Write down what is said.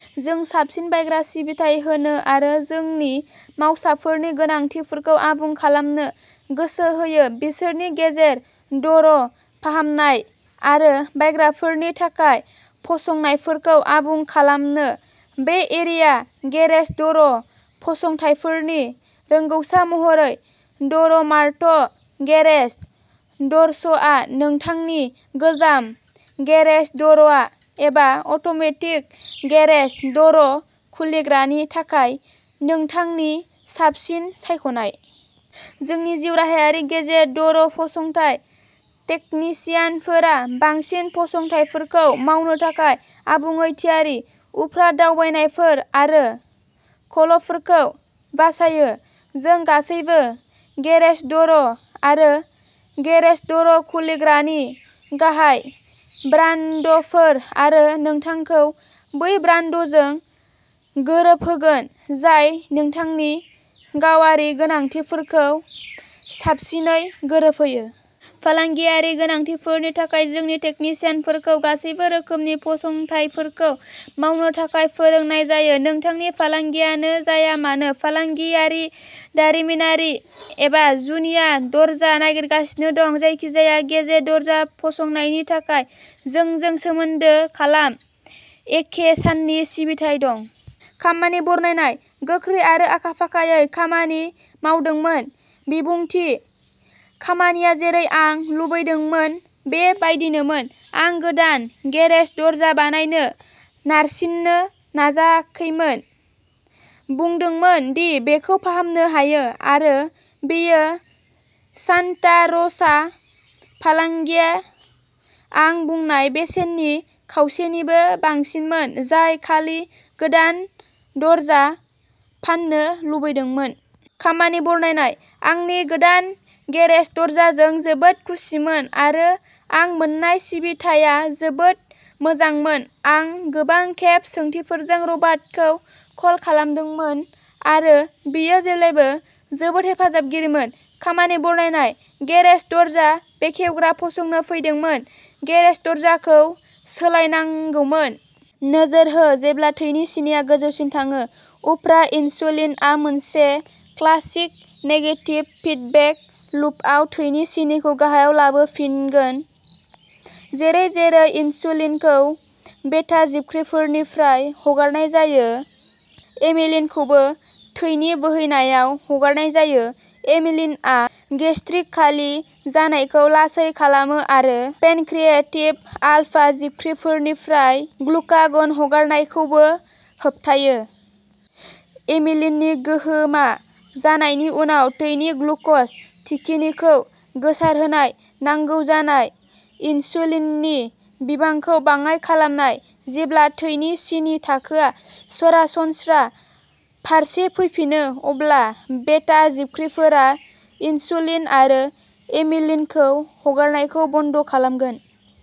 जों साबसिन बायग्रा सिबिथाइ होनो आरो जोंनि मावसाफोरनि गोनांथिफोरखौ आबुं खालामनो गोसो होयो, बिसोरनि गेरेज द'र फाहामनाय आरो बायग्राफोरनि थाखाय फसंनायफोरखौ आबुं खालामनो। बे एरिया गेरेज द'र फसंथायफोरनि रोंग'सा महरै, द'र-मार्ट गेरेज द'र्सआ नोंथांनि गोजाम गेरेज द'र एबा अट'मेटिक गेरेज द'र खुलिग्रानि थाखाय नोंथांनि साबसिन सायख'नाय। जोंनि जिउराहायारि गेरेज द'र फसंथाय टेकनिसियानफोरा बांसिन फसंथायफोरखौ मावनो थाखाय आबुङै थियारि, उफ्रा दावबायनायफोर आरो कलफोरखौ बासायो। जों गासैबो गेरेज द'र आरो गेरेज द'र खुलिग्रानि गाहाय ब्रान्डफोर आरो नोंथांखौ बै ब्रान्डजों गोरोबहोगोन जाय नोंथांनि गावारि गोनांथिफोरखौ साबसिनै गोरोबहोयो। फालांगियारि गोनांथिफोरनि थाखाय, जोंनि टेकनिसियानफोरखौ गासिबो रोखोमनि फसंथायफोरखौ मावनो थाखाय फोरोंनाय जायो, नोंथांनि फालांगियानो जाया मानो। फालांगियारि, दारिमिनारि एबा जुनिया दरजा नागिरगासिनो दं। जायखिजाया गेरेज दरजा फसंनायनि थाखाय जोंजों सोमोन्दो खालाम-एखे साननि सिबिथाइ दं! खामानि बरनायनायः गोख्रै आरो आखा-फाखायै खामानि मावदोंमोन। बिबुंथिः खामानिया जेरै आं लुबैदोंमोन बे बायदिनोमोन। आं गोदान गेरेज दरजा बायनो नारसिननो नाजाखैमोन, बुंदोंमोन दि बेखौ फाहामनो हायो, आरो बेयो सान्ता र'सा फालांगिया आं बुंनाय बेसेननि खावसेनिबो बांसिनमोन जाय खालि गोदान दरजा फाननो लुबैदोंमोन। खामानि बरनायनायः आंनि गोदान गेरेज दरजाजों जोबोद खुसिमोन आरो आं मोन्नाय सिबिथाया जोबोद मोजांमोन। आं गोबां खेब सोंथिफोरजों रबार्टखौ कल खालामदोंमोन आरो बियो जेब्लाबो जोबोद हेफाजाबगिरिमोन। खामानि बरनायनायः गेरेज दरजा बेखेवग्रा फसंनो फैदोंमोन, गेरेज दरजाखौ सोलायनांगौमोन। नोजोर हो जेब्ला थैनि सिनिआ गोजौसिम थाङो, उफ्रा इनसुलिनआ मोनसे क्लासिक नेगेटिभ फिडबेक लुपआव थैनि सिनिखौ गाहायाव लाबोफिनगोन। जेरै-जेरै इनसुलिनखौ बेटा जिबख्रिफोरनिफ्राय हगारनाय जायो, एमिलिनखौबो थैनि बोहैनायाव हगारनाय जायो। एमिलिनआ गेस्ट्रिक खालि जानायखौ लासै खालामो, आरो पेनक्रिएटिक आलफा जिबख्रिफोरनिफ्राय ग्लुकागन हगारनायखौबो होबथायो। एमिलिननि गोहोमा जानायनि उनाव थैनि ग्लुकज थिखिनिखौ गोसारहोनाय, नांगौ जानाय इनसुलिननि बिबांखौ बाङाइ खालामनाय। जेब्ला थैनि सिनि थाखोआ सरासनस्रा फारसे फैफिनो, अब्ला बेटा जिबख्रिफोरा इनसुलिन आरो एमिलिनखौ हगारनायखौ बन्द'खालामगोन।